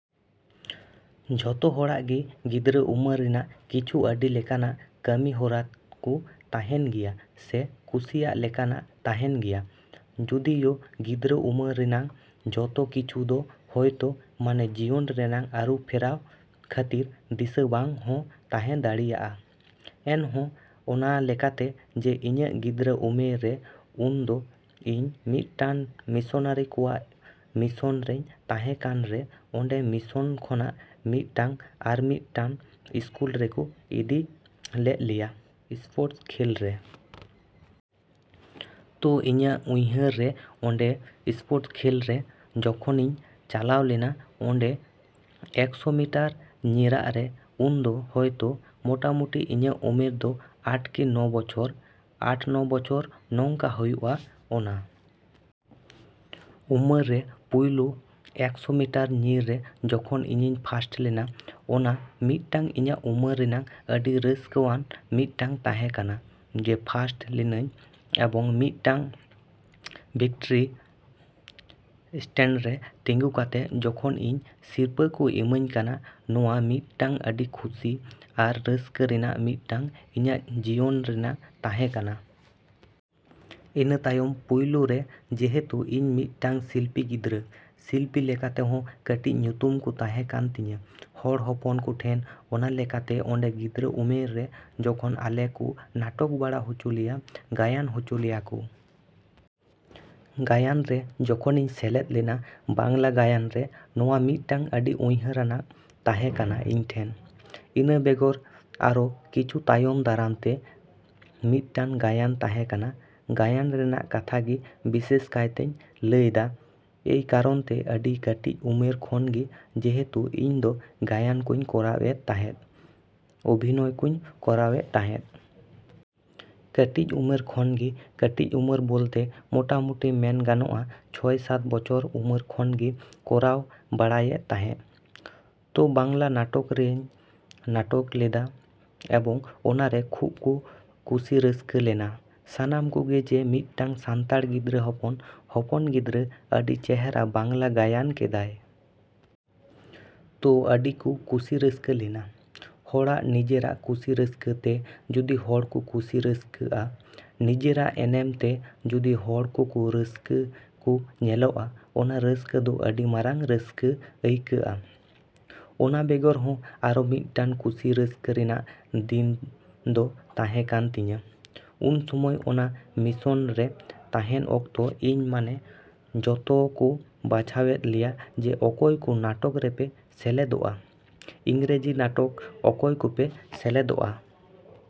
ᱡᱚᱛᱚ ᱦᱚᱲᱟᱜ ᱜᱮ ᱜᱤᱫᱽᱨᱟᱹ ᱩᱢᱟᱹᱨ ᱨᱮᱱᱟᱜ ᱠᱤᱪᱷᱩ ᱟᱹᱰᱤ ᱞᱮᱠᱟᱱᱟᱜ ᱠᱟᱹᱢᱤ ᱦᱚᱨᱟ ᱠᱚ ᱛᱟᱦᱮᱱ ᱜᱮᱭᱟ ᱥᱮ ᱠᱩᱥᱤᱭᱟᱜ ᱞᱮᱠᱟᱱᱟᱜ ᱛᱟᱦᱮᱱ ᱜᱮᱭᱟ᱾ ᱡᱚᱫᱤᱭᱳ ᱜᱤᱫᱽᱨᱟᱹ ᱩᱢᱟᱹᱨ ᱨᱮᱱᱟᱜ ᱡᱚᱛᱚ ᱠᱤᱪᱷᱩ ᱫᱚ ᱦᱚᱭᱛᱳ ᱢᱟᱱᱮ ᱡᱤᱭᱚᱱ ᱨᱮᱱᱟᱜ ᱟᱹᱨᱩ ᱯᱷᱮᱨᱟᱣ ᱠᱷᱟᱹᱛᱤᱨ ᱫᱤᱥᱟᱹ ᱵᱟᱝ ᱦᱚᱸ ᱛᱟᱦᱮᱸ ᱫᱟᱲᱮᱭᱟᱜᱼᱟ, ᱮᱱᱦᱚᱸ ᱚᱱᱟ ᱞᱮᱠᱟᱛᱮ ᱡᱮ ᱤᱧᱟᱹᱜ ᱜᱤᱫᱽᱨᱟᱹ ᱩᱢᱮᱨ ᱨᱮ ᱩᱱ ᱫᱚ ᱤᱧ ᱢᱤᱫᱴᱟᱱ ᱢᱤᱥᱚᱱᱟᱹᱨᱤ ᱠᱚᱣᱟᱜ ᱢᱤᱥᱚᱱ ᱨᱮᱧ ᱛᱟᱦᱮᱸ ᱠᱟᱱ ᱨᱮ ᱚᱸᱰᱮ ᱢᱤᱥᱚᱱ ᱠᱷᱚᱱᱟᱜ ᱢᱤᱫ ᱴᱟᱝ ᱟᱨ ᱢᱤᱫᱴᱟᱱ ᱤᱥᱠᱩᱞ ᱨᱮᱠᱚ ᱤᱫᱤ ᱞᱮᱜ ᱞᱮᱭᱟ ᱮᱥᱯᱳᱨᱴᱥ ᱠᱷᱮᱞ ᱨᱮ᱾ ᱛᱳ ᱤᱧᱟᱹᱜ ᱩᱭᱦᱟᱹᱨ ᱨᱮ ᱚᱸᱰᱮ ᱮᱥᱯᱳᱨᱴᱥ ᱠᱷᱮᱞ ᱨᱮ ᱡᱚᱠᱷᱚᱱᱤᱧ ᱪᱟᱞᱟᱣ ᱞᱮᱱᱟ ᱚᱸᱰᱮ ᱮᱠᱥᱳ ᱢᱤᱴᱟᱨ ᱧᱤᱨᱟᱜ ᱨᱮ ᱩᱱ ᱫᱚ ᱦᱳᱭᱛᱳ ᱢᱳᱴᱟᱢᱩᱴᱤ ᱤᱧᱟᱹᱜ ᱩᱢᱮᱨ ᱫᱚ ᱟᱴ ᱠᱤ ᱱᱚ ᱵᱚᱪᱷᱚᱨ, ᱟᱴ ᱱᱚ ᱵᱚᱪᱷᱚᱨ ᱱᱚᱝᱠᱟ ᱦᱩᱭᱩᱜ-ᱟ᱾ ᱚᱱᱟ ᱩᱢᱟᱹᱨ ᱨᱮ ᱯᱳᱭᱞᱳ ᱮᱠᱥᱳ ᱢᱤᱴᱟᱨ ᱧᱤᱨ ᱨᱮ ᱡᱚᱠᱷᱚᱱ ᱤᱧᱤᱧ ᱯᱷᱟᱥᱴ ᱞᱮᱱᱟ ᱚᱱᱟ ᱢᱤᱫᱴᱟᱱ ᱤᱧᱟᱹᱜ ᱩᱢᱟᱹᱨ ᱨᱮᱱᱟᱜ ᱟᱹᱰᱤ ᱨᱟᱹᱥᱠᱟᱹᱣᱟᱱ ᱢᱤᱫᱴᱟᱝ ᱛᱟᱦᱮᱸ ᱠᱟᱱᱟ ᱡᱮ ᱯᱷᱟᱥᱴ ᱞᱮᱱᱟᱧ ᱮᱵᱚᱝ ᱢᱤᱫᱴᱟᱝ ᱵᱷᱤᱠᱴᱨᱤ ᱮᱥᱴᱮᱱᱰ ᱨᱮ ᱛᱤᱸᱜᱩ ᱠᱟᱛᱮᱜ ᱡᱚᱠᱷᱚᱱ ᱤᱧ ᱥᱤᱨᱯᱟᱹ ᱠᱚ ᱤᱢᱟᱹᱧ ᱠᱟᱱᱟ ᱱᱚᱣᱟ ᱢᱤᱫᱴᱟᱱ ᱟᱹᱰᱤ ᱠᱷᱩᱥᱤ ᱟᱨ ᱨᱟᱹᱥᱠᱟᱹ ᱨᱮᱱᱟᱜ ᱢᱤᱫᱴᱟᱝ ᱤᱧᱟᱹᱜ ᱡᱤᱭᱚᱱ ᱨᱮᱱᱟᱜ ᱛᱟᱦᱮᱸ ᱠᱟᱱᱟ᱾ ᱤᱱᱟᱹ ᱛᱟᱭᱚᱢ ᱯᱳᱭᱞᱳ ᱨᱮ ᱡᱮᱦᱮᱛᱩ ᱤᱧ ᱢᱤᱫᱴᱟᱱ ᱥᱤᱞᱯᱤ ᱜᱤᱫᱽᱨᱟᱹ, ᱥᱤᱞᱯᱤ ᱞᱮᱠᱟ ᱛᱮᱦᱚᱸ ᱠᱟᱹᱴᱤᱡ ᱧᱩᱛᱩᱢ ᱠᱚ ᱛᱟᱦᱮᱸ ᱠᱟᱱ ᱛᱤᱧᱟᱹ ᱦᱚᱲ ᱦᱚᱯᱚᱱ ᱠᱚᱴᱷᱮᱱ ᱚᱱᱟ ᱞᱮᱠᱟᱛᱮ ᱚᱸᱰᱮ ᱜᱤᱫᱽᱨᱟᱹ ᱩᱢᱮᱨ ᱨᱮ ᱡᱚᱠᱷᱚᱱ ᱟᱞᱮ ᱠᱚ ᱱᱟᱴᱚᱠ ᱵᱟᱲᱟ ᱦᱚᱪᱚ ᱞᱮᱭᱟ, ᱜᱟᱭᱟᱱ ᱦᱚᱪᱚ ᱞᱮᱭᱟ ᱠᱚ᱾ ᱜᱟᱭᱟᱱ ᱨᱮ ᱡᱚᱠᱷᱚᱱᱤᱧ ᱥᱮᱞᱮᱫ ᱞᱮᱱᱟ ᱵᱟᱝᱞᱟ ᱜᱟᱭᱟᱱ ᱨᱮ ᱱᱚᱣᱟ ᱢᱤᱫᱴᱟᱱ ᱟᱹᱰᱤ ᱩᱭᱦᱟᱹᱨᱟᱱᱟᱜ ᱛᱟᱦᱮᱸ ᱠᱟᱱᱟ ᱤᱧ ᱴᱷᱮᱱ᱾ ᱤᱱᱟᱹ ᱵᱮᱜᱚᱨ ᱟᱨᱚ ᱠᱤᱪᱷᱩ ᱛᱟᱭᱚᱢ ᱫᱟᱨᱟᱢ ᱛᱮ ᱢᱤᱫᱴᱟᱱ ᱜᱟᱭᱟᱱ ᱛᱟᱦᱮᱸ ᱠᱟᱱᱟ᱾ ᱜᱟᱭᱟᱱ ᱨᱮᱱᱟᱜ ᱠᱟᱛᱷᱟ ᱜᱮ ᱵᱤᱥᱮᱥ ᱠᱟᱭ ᱛᱤᱧ ᱞᱟᱹᱭᱫᱟ ᱮᱭ ᱠᱟᱨᱚᱱ ᱛᱮ ᱟᱹᱰᱤ ᱠᱟᱹᱴᱤᱡ ᱩᱢᱟᱹᱨ ᱠᱷᱚᱱ ᱜᱮ ᱡᱮᱦᱮᱛᱩ ᱤᱧ ᱫᱚ ᱜᱟᱭᱟᱱ ᱠᱚᱧ ᱠᱚᱨᱟᱣ ᱮᱫ ᱛᱟᱦᱮᱱ, ᱚᱵᱷᱤᱱᱚᱭ ᱠᱚᱧ ᱠᱚᱨᱟᱣᱮᱫ ᱛᱟᱦᱮᱸᱫ᱾ ᱠᱟᱹᱴᱤᱡ ᱩᱢᱟᱹᱨ ᱠᱷᱚᱱ ᱜᱮ, ᱠᱟᱹᱴᱤᱡ ᱩᱢᱟᱹᱨ ᱵᱚᱞᱛᱮ ᱢᱚᱴᱟᱢᱩᱴᱤ ᱢᱮᱱ ᱜᱟᱱᱚᱜ-ᱟ ᱪᱷᱚᱭ ᱥᱟᱛ ᱵᱚᱪᱷᱚᱨ ᱩᱢᱟᱹᱨ ᱠᱷᱚᱱ ᱜᱮ ᱠᱚᱨᱟᱣ ᱵᱟᱲᱟᱭᱮᱫ ᱛᱟᱦᱮᱸᱜ᱾ ᱛᱳ ᱵᱟᱝᱞᱟ ᱱᱟᱴᱚᱠ ᱨᱤᱧ ᱱᱟᱴᱚᱠ ᱞᱮᱫᱟ ᱮᱵᱚᱝ ᱚᱱᱟᱨᱮ ᱠᱷᱩᱵᱽ ᱠᱚ ᱠᱷᱩᱥᱤ ᱨᱟᱹᱥᱠᱟᱹ ᱞᱮᱱᱟ ᱥᱟᱱᱟᱢ ᱠᱚᱜᱮ ᱡᱮ ᱢᱤᱫᱴᱟᱱ ᱥᱟᱱᱛᱟᱲ ᱜᱤᱫᱽᱨᱟᱹ ᱦᱚᱯᱚᱱ ᱦᱚᱯᱚᱱ ᱜᱤᱫᱽᱨᱟᱹ ᱟᱹᱰᱤ ᱪᱮᱦᱨᱟ ᱵᱟᱝᱞᱟ ᱜᱟᱭᱟᱱ ᱠᱮᱫᱟᱭ᱾ ᱛᱳ ᱟᱹᱰᱤ ᱠᱚ ᱠᱩᱥᱤ ᱨᱟᱹᱥᱠᱟᱹ ᱞᱮᱱᱟ᱾ ᱦᱚᱲᱟᱜ ᱱᱤᱡᱮᱨᱟᱜ ᱠᱩᱥᱤ ᱨᱟᱹᱥᱠᱟᱹ ᱛᱮ ᱡᱚᱫᱤ ᱦᱚᱲ ᱠᱚ ᱠᱩᱥᱤ ᱨᱟᱹᱥᱠᱟᱹᱜ-ᱟ, ᱱᱤᱡᱮᱨᱟᱜ ᱮᱱᱮᱢ ᱛᱮ ᱡᱩᱫᱤ ᱦᱚᱲ ᱠᱚᱠᱚ ᱨᱟᱹᱥᱠᱟᱹ ᱠᱚ ᱧᱮᱞᱚᱜ-ᱟ ᱚᱱᱟ ᱨᱟᱹᱥᱠᱟᱹ ᱫᱚ ᱟᱹᱰᱤ ᱢᱟᱨᱟᱝ ᱨᱟᱹᱥᱠᱟᱹ ᱟᱹᱭᱠᱟᱹᱜᱼᱟ᱾ ᱤᱱᱟᱹ ᱵᱮᱜᱚᱨ ᱦᱚᱸ ᱟᱨᱚ ᱢᱤᱫᱴᱟᱱ ᱠᱷᱩᱥᱤ ᱨᱟᱹᱥᱠᱟᱹ ᱨᱮᱱᱟᱜ ᱫᱤᱱ ᱫᱚ ᱛᱟᱦᱮᱸ ᱠᱟᱱ ᱛᱤᱧᱟᱹ ᱩᱱ ᱥᱚᱢᱚᱭ ᱚᱱᱟ ᱢᱤᱥᱚᱱ ᱨᱮ ᱛᱟᱦᱮᱱ ᱚᱠᱛᱚ ᱤᱧ ᱢᱟᱱᱮ ᱡᱚᱛᱚ ᱠᱚ ᱵᱟᱪᱷᱟᱣᱮᱫ ᱞᱮᱭᱟ ᱡᱮ ᱚᱠᱚᱭ ᱠᱚ ᱱᱟᱴᱚᱠ ᱨᱮᱯᱮ ᱥᱮᱞᱮᱫᱚᱜ-ᱟ, ᱤᱝᱨᱮᱡᱤ ᱱᱟᱴᱚᱠ ᱚᱠᱚᱭ ᱠᱚᱯᱮ ᱥᱮᱞᱮᱫᱚᱜ-ᱟ?